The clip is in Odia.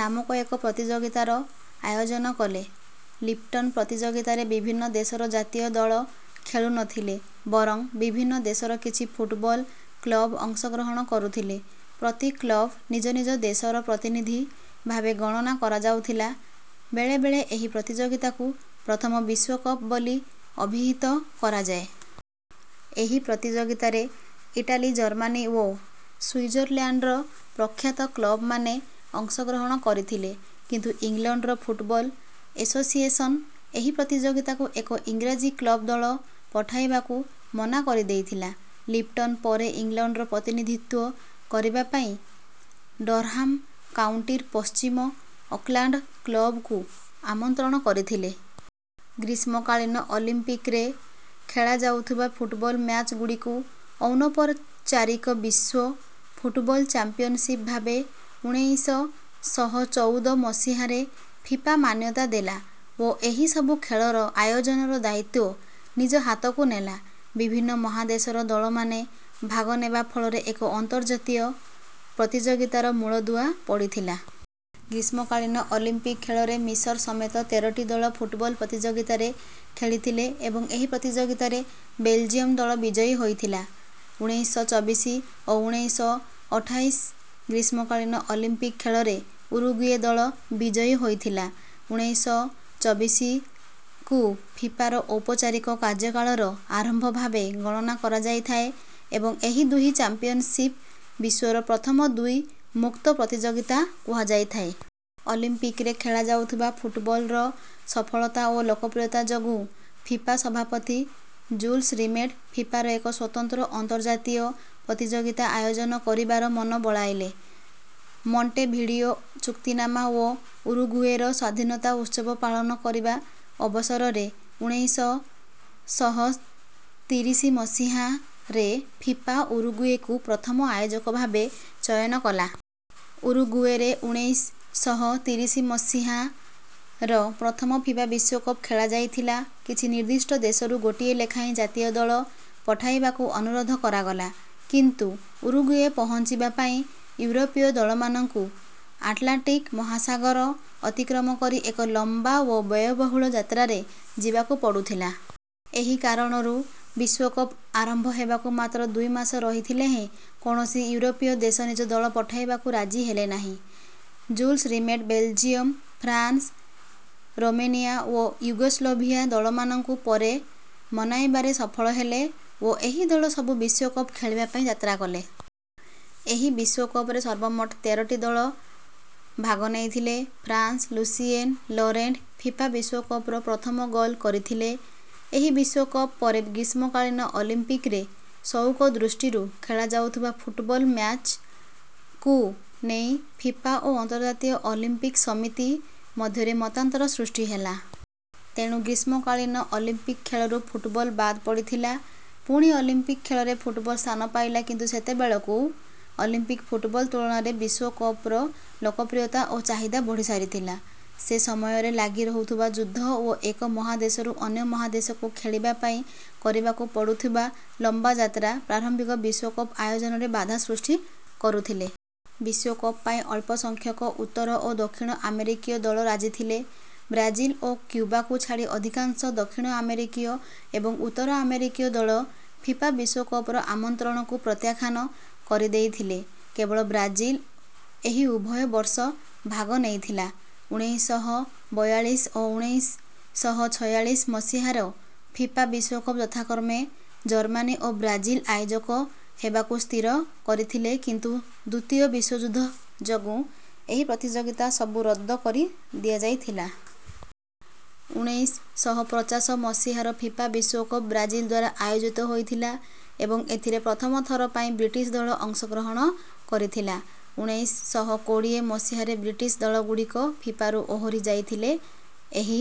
ନାମକ ଏକ ପ୍ରତିଯୋଗିତାର ଆୟୋଜନ କଲେ। ଲିପ୍ଟନ୍ ପ୍ରତିଯୋଗିତାରେ ବିଭିନ୍ନ ଦେଶର ଜାତୀୟ ଦଳ ଖେଳୁନଥିଲେ। ବରଂ ବିଭିନ୍ନ ଦେଶର କିଛି ଫୁଟବଲ୍ କ୍ଲବ୍ ଅଂଶଗ୍ରହଣ କରୁଥିଲେ। ପ୍ରତି କ୍ଲବ ନିଜ ନିଜ ଦେଶର ପ୍ରତିନିଧି ଭାବେ ଗଣନା କରାଯାଉଥିଲା। ବେଳେବେଳେ ଏହି ପ୍ରତିଯୋଗିତାକୁ ପ୍ରଥମ ବିଶ୍ୱକପ ବୋଲି ଅଭିହିତ କରାଯାଏ। ଏହି ପ୍ରତିଯୋଗିତାରେ ଇଟାଲୀ ଜର୍ମାନୀ ଓ ସ୍ୱିଜରଲ୍ୟାଣ୍ଡର ପ୍ରଖ୍ୟାତ କ୍ଲବ୍‍ମାନେ ଅଂଶଗ୍ରହଣ କରିଥିଲେ କିନ୍ତୁ ଇଂଲଣ୍ଡର ଫୁଟବଲ୍ ଏଶୋସିଏସନ୍ ଏହି ପ୍ରତିଯୋଗିତାକୁ ଏକ ଈଂରାଜୀ କ୍ଲବ୍ ଦଳ ପଠାଇବାକୁ ମନା କରିଦେଇଥିଲା। ଲିପ୍ଟନ୍ ପରେ ଇଂଲଣ୍ଡର ପ୍ରତିନିଧିତ୍ୱ କରିବା ପାଇଁ ଡର୍ହାମ୍ କାଉଣ୍ଟିର ପଶ୍ଚିମ ଅକ୍ଲାଣ୍ଡ କ୍ଲବ୍‍କୁ ଆମନ୍ତ୍ରଣ କରିଥିଲେ। ଗ୍ରୀଷ୍ମକାଳୀନ ଅଲମ୍ପିକ୍‍ରେ ଖେଳାଯାଉଥିବା ଫୁଟବଲ୍ ମ୍ୟାଚ୍‍ଗୁଡ଼ିକୁ ଅନୌପଚାରିକ ବିଶ୍ୱ ଫୁଟବଲ୍ ଚାମ୍ପିୟନ୍‍ଶିପ୍ ଭାବେ ଉଣେଇଶ ଶହ ଚଉଦ ମସିହାରେ ଫିଫା ମାନ୍ୟତା ଦେଲା ଓ ଏହି ସବୁ ଖେଳର ଆୟୋଜନର ଦାୟିତ୍ୱ ନିଜ ହାତକୁ ନେଲା। ବିଭିନ୍ନ ମହାଦେଶର ଦଳମାନେ ଭାଗ ନେବା ଫଳରେ ଏକ ଅନ୍ତର୍ଜାତୀୟ ପ୍ରତିଯୋଗିତାର ମୂଳଦୁଆ ପଡ଼ିଥିଲା। ଗ୍ରୀଷ୍ମକାଳୀନ ଅଲମ୍ପିକ୍ ଖେଳରେ ମିଶର ସମେତ ତେରଟି ଦଳ ଫୁଟବଲ୍ ପ୍ରତିଯୋଗିତାରେ ଖେଳିଥିଲେ ଏବଂ ଏହି ପ୍ରତିଯୋଗିତାରେ ବେଲ୍ଜିୟମ୍ ଦଳ ବିଜୟୀ ହୋଇଥିଲା। ଉଣେଇଶ ଶହ ଚବିଶ ଓ ଉଣେଇଶ ଶହ ଅଠାଇଶ ଗ୍ରୀଷ୍ମକାଳୀନ ଅଲମ୍ପିକ୍ ଖେଳରେ ଉରୁଗୁଏ ଦଳ ବିଜୟୀ ହୋଇଥିଲା। ଉଣେଇଶ ଶହ ଚବିଶକୁ ଫିଫାର ଔପଚାରିକ କାର୍ଯ୍ୟକାଳର ଆରମ୍ଭ ଭାବେ ଗଣନା କରାଯାଇଥାଏ ଏବଂ ଏହି ଦୁଇ ଚାମ୍ପିୟନ୍ଶିପ୍କୁ ବିଶ୍ୱର ପ୍ରଥମ ଦୁଇ ମୁକ୍ତ ପ୍ରତିଯୋଗିତା କୁହାଯାଇଥାଏ। ଅଲମ୍ପିକ୍ ରେ ଖେଳାଯାଉଥିବା ଫୁଟବଲ୍‍ର ସଫଳତା ଓ ଲୋକପ୍ରିୟତା ଯୋଗୁଁ ଫିଫା ସଭାପତି ଜୁଲ୍ସ୍ ରିମେଟ୍ ଫିଫାର ଏକ ସ୍ୱତନ୍ତ୍ର ଅନ୍ତର୍ଜାତୀୟ ପ୍ରତିଯୋଗିତା ଆୟୋଜନ କରିବାର ମନ ବଳାଇଲେ। ମଣ୍ଟେଭିଡ଼ିଓ ଚୁକ୍ତିନାମା ଓ ଉରୁଗୁଏର ସ୍ୱାଧୀନତା ଉତ୍ସବ ପାଳନ କରିବା ଅବସରରେ ଉଣେଇଶ ଶହ ତିରିଶ ମସିହାରେ ଫିଫା ଉରୁଗୁଏକୁ ପ୍ରଥମ ଆୟୋଜକ ଭାବେ ଚୟନ କଲା। ଉରୁଗୁଏରେ ଉଣେଇଶ ଶହ ତିରିଶ ମସିହାର ପ୍ରଥମ ଫିଫା ବିଶ୍ୱକପ୍ ଖେଳାଯାଇଥିଲା। କିଛି ନିର୍ଦ୍ଦିଷ୍ଟ ଦେଶରୁ ଗୋଟିଏ ଲେଖାଏଁ ଜାତୀୟ ଦଳ ପଠାଇବାକୁ ଅନୁରୋଧ କରାଗଲା। କିନ୍ତୁ ଉରୁଗୁଏ ପହଞ୍ଚିବା ପାଇଁ ୟୁରୋପୀୟ ଦଳମାନଙ୍କୁ ଆଟ୍ଲାଣ୍ଟିକ୍ ମହାସାଗର ଅତିକ୍ରମ କରି ଏକ ଲମ୍ବା ଓ ବ୍ୟୟବହୁଳ ଯାତ୍ରାରେ ଯିବାକୁ ପଡ଼ୁଥିଲା। ଏହି କାରଣରୁ ବିଶ୍ୱକପ୍ ଆରମ୍ଭ ହେବାକୁ ମାତ୍ର ଦୁଇ ମାସ ରହିଥିଲେ ହେଁ କୌଣସି ୟୁରୋପୀୟ ଦେଶ ନିଜ ଦଳ ପଠାଇବାକୁ ରାଜି ହେଲେନାହିଁ। Jules Rimet Belgium France Romania ଓ ୟୁଗୋସ୍ଲାଭିଆ ଦଳମାନଙ୍କୁ ପରେ ମନାଇବାରେ ସଫଳ ହେଲେ ଓ ଏହି ଦଳ ସବୁ ବିଶ୍ୱକପ୍ ଖେଳିବା ପାଇଁ ଯାତ୍ରା କଲେ। ଏହି ବିଶ୍ୱକପ୍ ରେ ସର୍ବମୋଟ ତେରଟି ଦଳ ଭାଗ ନେଇଥିଲେ। ଫ୍ରାଂସ୍ର ଲୁସିଏନ୍ ଲୋରେଣ୍ଟ୍ ଫିଫା ବିଶ୍ୱକପର ପ୍ରଥମ ଗୋଲ୍ କରିଥିଲେ। ଏହି ବିଶ୍ୱକପ ପରେ ଗ୍ରୀଷ୍ମକାଳୀନ ଅଲମ୍ପିକ୍ ରେ ସଉକ ଦୃଷ୍ଟିରୁ ଖେଳାଯାଉଥିବା ଫୁଟବଲ୍ ମ୍ୟାଚ କୁ ନେଇ ଫିଫା ଓ ଅନ୍ତର୍ଜାତୀୟ ଅଲମ୍ପିକ୍ ସମିତି ମଧ୍ୟରେ ମତାନ୍ତର ସୃଷ୍ଟି ହେଲା। ତେଣୁ ଗ୍ରୀଷ୍ମକାଳୀନ ଅଲମ୍ପିକ୍ ଖେଳରୁ ଫୁଟବଲ୍ ବାଦ୍ ପଡ଼ିଥିଲା। ପୁଣି ଅଲମ୍ପିକ୍ ଖେଳରେ ଫୁଟବଲ୍ ସ୍ଥାନ ପାଇଲା କିନ୍ତୁ ସେତେବେଳକୁ ଅଲମ୍ପିକ୍ ଫୁଟବଲ୍ ତୁଳନାରେ ବିଶ୍ୱକପର ଲୋକପ୍ରିୟତା ଓ ଚାହିଦା ବଢ଼ି ସାରିଥିଲା। ସେ ସମୟରେ ଲାଗି ରହୁଥିବା ଯୁଦ୍ଧ ଓ ଏକ ମହାଦେଶରୁ ଅନ୍ୟ ମହାଦେଶକୁ ଖେଳିବା ପାଇଁ କରିବାକୁ ପଡ଼ୁଥିବା ଲମ୍ବା ଯାତ୍ରା ପ୍ରାରମ୍ଭିକ ବିଶ୍ୱକପ ଆୟୋଜନରେ ବାଧା ସୃଷ୍ଟି କରୁଥିଲେ। ବିଶ୍ୱକପ ପାଇଁ ଅଳ୍ପସଂଖ୍ୟକ ଉତ୍ତର ଓ ଦକ୍ଷିଣ ଆମେରିକୀୟ ଦଳ ରାଜିଥିଲେ। ବ୍ରାଜିଲ୍ ଓ କ୍ୟୁବାକୁ ଛାଡ଼ି ଅଧିକାଂଶ ଦକ୍ଷିଣ ଆମେରିକୀୟ ଏବଂ ଉତ୍ତର ଆମେରିକୀୟ ଦଳ ଫିଫା ବିଶ୍ୱକପର ଆମନ୍ତ୍ରଣକୁ ପ୍ରତ୍ୟାଖ୍ୟାନ କରିଦେଇଥିଲେ। କେବଳ ବ୍ରାଜିଲ୍ ଏହି ଉଭୟ ବର୍ଷ ଭାଗ ନେଇଥିଲା। ଉଣେଇଶ ଶହ ବୟାଳିଶ ଓ ଉଣେଇଶ ଶହ ଛୟାଳିଶ ମସିହାର ଫିଫା ବିଶ୍ୱକପ ଯଥାକ୍ରମେ ଜର୍ମାନୀ ଓ ବ୍ରାଜିଲ୍ ଆୟୋଜକ ହେବାକୁ ସ୍ଥିର କରିଥିଲେ କିନ୍ତୁ ଦ୍ୱିତୀୟ ବିଶ୍ୱଯୁଦ୍ଧ ଯୋଗୁଁ ଏହି ପ୍ରତିଯୋଗିତା ସବୁ ରଦ୍ଦ କରି ଦିଆଯାଇଥିଲା। ଉଣେଇଶ ଶହ ପଚାଶ ମସିହାର ଫିଫା ବିଶ୍ୱକପ ବ୍ରାଜିଲଦ୍ୱାରା ଆୟୋଜିତ ହୋଇଥିଲା ଏବଂ ଏଥିରେ ପ୍ରଥମ ଥର ପାଇଁ ବ୍ରିଟିଶ୍ ଦଳ ଅଂଶଗ୍ରହଣ କରିଥିଲା । ଉଣେଇଶ ଶହ କୋଡ଼ିଏ ମସିହାରେ ବ୍ରିଟିଶ୍ ଦଳଗୁଡ଼ିକ ଫିଫାରୁ ଓହରି ଯାଇଥିଲେ। ଏହି